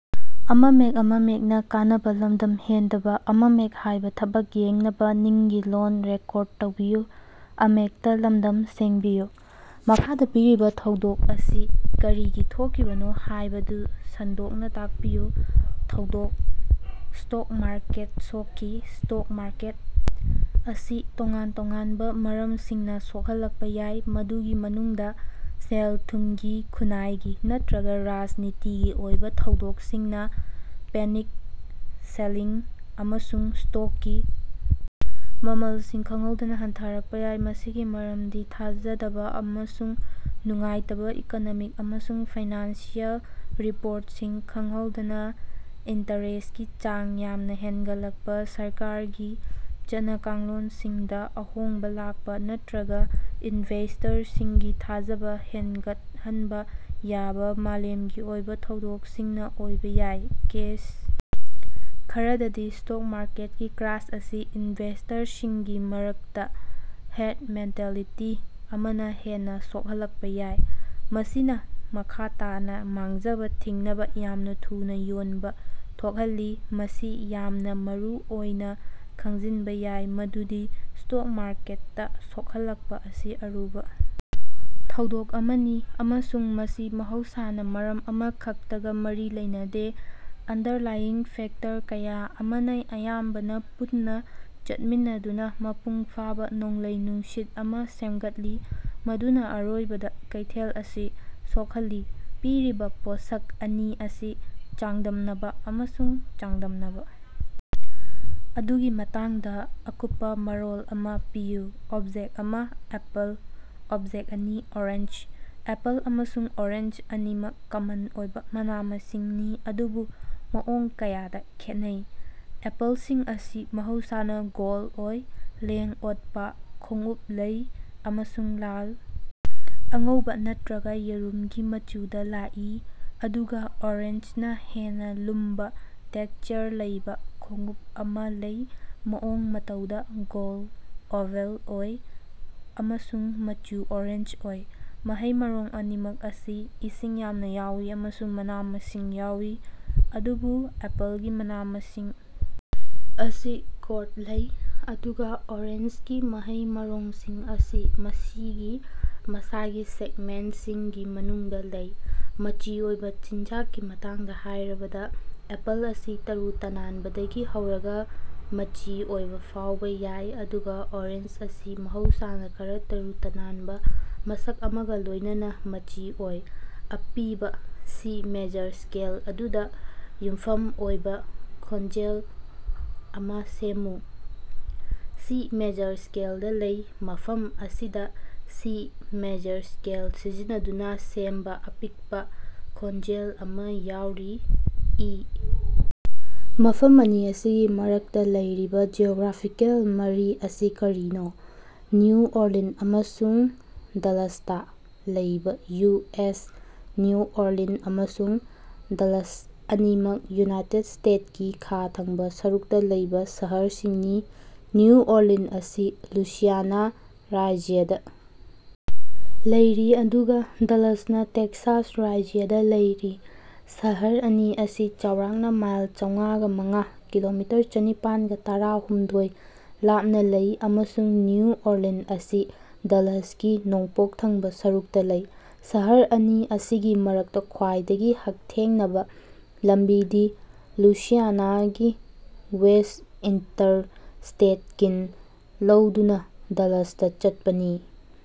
ꯃꯈꯥꯗ ꯄꯤꯔꯤꯕ ꯊꯧꯗꯣꯛ ꯑꯁꯤ ꯀꯔꯤꯒꯤ ꯊꯣꯛꯈꯤꯕꯅꯣ ꯍꯥꯏꯕꯗꯨ ꯁꯟꯗꯣꯛꯅ ꯇꯥꯛꯄꯤꯌꯨ꯫ ꯊꯧꯗꯣꯛ: ꯁ꯭ꯇꯣꯛ ꯃꯥꯔꯀꯦꯠ ꯁꯣꯛꯈꯤ꯫ ꯁ꯭ꯇꯣꯛ ꯃꯥꯔꯀꯦꯠ ꯑꯁꯤ ꯇꯣꯉꯥꯟ ꯇꯣꯉꯥꯟꯕ ꯃꯔꯝꯁꯤꯡꯅ ꯁꯣꯛꯍꯜꯂꯛꯄ ꯌꯥꯏ, ꯃꯗꯨꯒꯤ ꯃꯅꯨꯡꯗ ꯁꯦꯜ-ꯊꯨꯝꯒꯤ, ꯈꯨꯟꯅꯥꯏꯒꯤ ꯅꯠꯇꯔꯒ ꯔꯥꯖꯅꯤꯇꯤꯒꯤ ꯑꯣꯏꯕ ꯊꯧꯗꯣꯛꯁꯤꯡꯅ ꯄꯦꯅꯤꯛ ꯁꯦꯜꯂꯤꯡ ꯑꯃꯁꯨꯡ ꯁ꯭ꯇꯣꯛꯀꯤ ꯃꯃꯜꯁꯤꯡ ꯈꯪꯍꯧꯗꯅ ꯍꯟꯊꯔꯛꯄ ꯌꯥꯏ꯫ ꯃꯁꯤꯒꯤ ꯃꯔꯝꯗꯤ ꯊꯥꯖꯗꯕ ꯑꯃꯁꯨꯡ ꯅꯨꯡꯉꯥꯏꯇꯕ ꯏꯀꯣꯅꯣꯃꯤꯛ ꯑꯃꯁꯨꯡ ꯐꯥꯏꯅꯥꯟꯁꯤꯑꯦꯜ ꯔꯤꯄ꯭ꯣꯔꯠꯁꯤꯡ, ꯈꯪꯍꯧꯗꯅ ꯏꯟꯇꯔꯦꯁꯀꯤ ꯆꯥꯡ ꯌꯥꯝꯅ ꯍꯦꯒꯠꯂꯛꯄ, ꯁꯔꯀꯥꯔꯒꯤ ꯆꯠꯅ-ꯀꯥꯡꯂꯣꯅꯁꯤꯡꯗ ꯑꯍꯣꯡꯕ ꯂꯥꯀꯄ, ꯅꯠꯇꯔꯒ ꯏꯅꯚꯦꯁ꯭ꯇꯔꯁꯤꯡꯒꯤ ꯊꯥꯖꯕ ꯍꯦꯒꯠꯍꯟꯕ ꯌꯥꯕ ꯃꯥꯂꯦꯃꯒꯤ ꯑꯣꯏꯕ ꯊꯧꯗꯣꯛꯁꯤꯡꯅ ꯑꯣꯏꯕ ꯌꯥꯏ꯫ ꯀꯦꯁ ꯈꯔꯗꯗꯤ, ꯁ꯭ꯇꯣꯛ ꯃꯥꯔꯀꯦꯠꯀꯤ ꯀ꯭ꯔꯥꯁ ꯑꯁꯤ ꯏꯅꯚꯦꯁꯇꯔꯁꯤꯡꯒꯤ ꯃꯔꯛꯇ ꯍꯦꯔ꯭ꯗ ꯃꯦꯟꯇꯦꯂꯤꯇꯤ ꯑꯃꯅ ꯍꯦꯟꯅ ꯁꯣꯛꯍꯜꯂꯛꯄ ꯌꯥꯏ, ꯃꯁꯤꯅ ꯃꯈꯥ ꯇꯥꯅ ꯃꯥꯡꯖꯕ ꯊꯤꯡꯅꯕ ꯌꯥꯝꯅ ꯊꯨꯅ ꯌꯣꯟꯕ ꯊꯣꯛꯍꯜꯂꯤ꯫ ꯃꯁꯤ ꯌꯥꯝꯅ ꯃꯔꯨꯑꯣꯏꯅ ꯈꯪꯖꯤꯅꯕ ꯌꯥꯏ ꯃꯗꯨꯗꯤ ꯁ꯭ꯇꯣꯛ ꯃꯥꯔꯀꯦꯠꯇ ꯁꯣꯛꯍꯜꯂꯛꯄ ꯑꯁꯤ ꯑꯔꯨꯕ ꯊꯧꯗꯣꯛ ꯑꯃꯅꯤ, ꯑꯃꯁꯨꯡ ꯃꯁꯤ ꯃꯍꯧꯁꯥꯅ ꯃꯔꯝ ꯑꯃꯈꯛꯇꯒ ꯃꯔꯤ ꯂꯩꯅꯗꯦ꯫ ꯑꯟꯗꯔꯂꯥꯏꯌꯤꯡ ꯐꯦꯛꯇꯔ ꯀꯌꯥ ꯑꯃꯅ ꯑꯌꯥꯝꯕꯅ ꯄꯨꯟꯅ ꯆꯠꯃꯤꯟꯅꯗꯨꯅ ꯃꯄꯨꯡ ꯐꯥꯕ ꯅꯣꯡꯂꯩ-ꯅꯨꯡꯁꯤꯠ ꯑꯃ ꯁꯦꯝꯒꯠꯂꯤ ꯃꯗꯨꯅ ꯑꯔꯣꯏꯕꯗ ꯀꯩꯊꯦꯜ ꯑꯁꯤ ꯁꯣꯈꯜꯂꯤ꯫ ꯄꯤꯔꯤꯕ ꯄꯣꯠꯁꯛ ꯑꯅꯤ ꯑꯁꯤ ꯆꯥꯡꯗꯝꯅꯕ ꯑꯃꯁꯨꯡ ꯆꯥꯡꯗꯝꯅꯕ ꯑꯗꯨꯒꯤ ꯃꯇꯥꯡꯗ ꯑꯀꯨꯞꯄ ꯃꯔꯣꯜ ꯑꯃ ꯄꯤꯌꯨ꯫ ꯑꯣꯕꯖꯦꯛ ꯑꯃ: ꯑꯦꯄꯜ ꯑꯣꯕꯖꯦꯛ ꯑꯅꯤ ꯑꯣꯔꯦꯟꯖ꯫ ꯑꯦꯄꯜ ꯑꯃꯁꯨꯡ ꯑꯣꯔꯦꯟꯖ ꯑꯅꯤꯃꯛ ꯀꯃꯟ ꯑꯣꯏꯕ ꯃꯅ-ꯃꯁꯤꯡꯅꯤ ꯑꯗꯨꯕꯨ ꯃꯑꯣꯡ ꯀꯌꯥꯗ ꯈꯦꯠꯅꯩ꯫ ꯑꯦꯄꯜꯁꯤꯡ ꯑꯁꯤ ꯃꯍꯧꯁꯥꯅ ꯒꯣꯜꯗ ꯑꯣꯏ, ꯂꯦꯡ-ꯑꯣꯠꯄ ꯈꯣꯡꯎꯞ ꯂꯩ, ꯑꯃꯁꯨꯡ ꯂꯥꯜ, ꯑꯉꯧꯕꯥ ꯅꯠꯇ꯭ꯔꯒꯥ ꯌꯦꯔꯨꯝꯒꯤ ꯃꯆꯨꯗ ꯂꯥꯛꯏ, ꯑꯗꯨꯒ ꯑꯣꯔꯦꯟꯖꯅ ꯍꯦꯟꯅ ꯂꯨꯝꯕ, ꯇꯦꯛꯁꯆꯔ ꯂꯩꯕ ꯈꯣꯡꯎꯞ ꯑꯃ ꯂꯩ, ꯃꯑꯣꯡ-ꯃꯇꯧꯗ ꯒꯣꯜꯗ-ꯑꯣꯚꯜ ꯑꯣꯏ ꯑꯃꯁꯨꯡ ꯃꯆꯨ ꯑꯣꯔꯦꯟꯖ ꯑꯣꯏ꯫ ꯃꯍꯩ-ꯃꯔꯣꯡ ꯑꯅꯤꯃꯛ ꯑꯁꯤ ꯏꯁꯤꯡ ꯌꯥꯝꯅ ꯌꯥꯎꯏ ꯑꯃꯁꯨꯡ ꯃꯅꯥ-ꯃꯁꯤꯡ ꯌꯥꯎꯏ, ꯑꯗꯨꯕꯨ ꯑꯦꯄꯜꯒꯤ ꯃꯅꯥ-ꯃꯁꯤꯡ ꯑꯁꯤ ꯀꯣꯔ꯭ꯗ ꯂꯩ, ꯑꯗꯨꯒꯥ ꯑꯣꯔꯦꯟꯖꯒꯤ ꯃꯍꯩ-ꯃꯔꯣꯡꯁꯤꯡ ꯑꯁꯤ ꯃꯁꯤꯒꯤ ꯃꯁꯥꯒꯤ ꯁꯦꯒꯃꯦꯟꯇꯁꯤꯡꯒꯤ ꯃꯅꯨꯡꯗ ꯂꯩ꯫ ꯃꯆꯤ ꯑꯣꯏꯕ ꯆꯤꯟꯖꯥꯛꯀꯤ ꯃꯇꯥꯡꯗ ꯍꯥꯏꯔꯕꯗ, ꯑꯦꯄꯜ ꯑꯁꯤ ꯇꯔꯨ ꯇꯅꯥꯟꯕꯗꯒꯤ ꯍꯧꯔꯒ ꯃꯆꯤ ꯑꯣꯏꯕ ꯐꯥꯎꯕ ꯌꯥꯏ ꯑꯗꯨꯒ ꯑꯣꯔꯦꯟꯖ ꯑꯁꯤ ꯃꯍꯧꯁꯥꯅ ꯈꯔꯥ ꯇꯔꯨ ꯇꯅꯥꯟꯕ ꯃꯁꯛ ꯑꯃꯒ ꯂꯣꯏꯅꯅꯥ ꯃꯆꯤ ꯑꯣꯏ꯫ ꯑꯄꯤꯕ ꯁꯤ ꯃꯦꯖꯔ ꯁ꯭ꯀꯦꯜ ꯑꯗꯨꯗ ꯌꯨꯝꯐꯝ ꯑꯣꯏꯕ ꯈꯣꯟꯖꯦꯜ ꯑꯃ ꯁꯦꯝꯃꯨ꯫ ꯁꯤ ꯃꯦꯖꯔ ꯁ꯭ꯀꯦꯂꯗ ꯂꯩ꯫ ꯃꯐꯝ ꯑꯁꯤꯗ ꯁꯤ ꯃꯦꯖꯔ ꯁ꯭ꯀꯦꯜ ꯁꯤꯖꯤꯟꯅꯗꯨꯅ ꯁꯦꯝꯕ ꯑꯄꯤꯛꯄ ꯈꯣꯟꯖꯦꯜ ꯑꯃ ꯌꯥꯎꯔꯤ ꯏ ꯃꯐꯝ ꯑꯅꯤ ꯑꯁꯤꯒꯤ ꯃꯔꯛꯇꯥ ꯂꯩꯔꯤꯕ ꯖꯤꯑꯣꯒ꯭ꯔꯥꯐꯤꯀꯦꯜ ꯃꯔꯤ ꯑꯁꯤ ꯀꯔꯤꯅꯣ? ꯅ꯭ꯌꯨ ꯑꯣꯔꯂꯤꯟ ꯑꯃꯁꯨꯡ ꯗꯂꯥꯁꯇꯥ ꯂꯩꯕꯥ ꯌꯨ. ꯑꯦꯁ ꯅ꯭ꯌꯨ ꯑꯣꯔꯂꯤꯟ ꯑꯃꯁꯨꯡ ꯗꯂꯥꯁ ꯑꯅꯤꯃꯛ ꯌꯨꯅꯥꯏꯇꯦꯗ ꯁ꯭ꯇꯦꯇꯁꯀꯤ ꯈꯥ ꯊꯪꯕꯥ ꯁꯔꯨꯛꯇ ꯂꯩꯕ ꯁꯍꯔꯁꯤꯡꯅꯤ꯫ ꯅ꯭ꯌꯨ ꯑꯣꯔꯂꯤꯟ ꯑꯁꯤ ꯂꯨꯏꯁꯤꯌꯥꯅꯥ ꯔꯥꯖ꯭ꯌꯗ ꯂꯩꯔꯤ ꯑꯗꯨꯒ ꯗꯂꯥꯁꯅ ꯇꯦꯛꯁꯥꯁ ꯔꯥꯖ꯭ꯌꯗ ꯂꯩꯔꯤ꯫ ꯁꯍꯔ ꯑꯅꯤ ꯑꯁꯤ ꯆꯥꯎꯔꯥꯛꯅ ꯃꯥꯏꯜ ꯆꯥꯝꯉꯒ ꯃꯉꯥ (ꯀꯤꯂꯣꯃꯤꯇꯔ ꯆꯅꯤꯄꯥꯟꯒ ꯇꯔꯥ ꯍꯨꯝꯗꯣꯏ) ꯂꯥꯞꯅ ꯂꯩ, ꯑꯃꯁꯨꯡ ꯅ꯭ꯌꯨ ꯑꯣꯔꯂꯤꯟ ꯑꯁꯤ ꯗꯂꯥꯁꯀꯤ ꯅꯣꯡꯄꯣꯛ ꯊꯪꯕꯥ ꯁꯔꯨꯛꯇꯥ ꯂꯩ꯫ ꯁꯍꯔ ꯑꯅꯤ ꯑꯁꯤꯒꯤ ꯃꯔꯛꯇꯥ ꯈ꯭ꯋꯥꯏꯗꯒꯤ ꯍꯛꯊꯦꯡꯅꯕ ꯂꯝꯕꯤꯗꯤ ꯂꯨꯏꯁꯤꯌꯥꯅꯥꯗꯒꯤ ꯋꯦꯁ꯭ꯠ ꯏꯟꯇꯔꯁ꯭ꯇꯦꯠ ꯀꯤꯟ ꯂꯧꯗꯨꯅ ꯗꯂꯥꯁꯇꯥ ꯆꯠꯄꯅꯤ꯫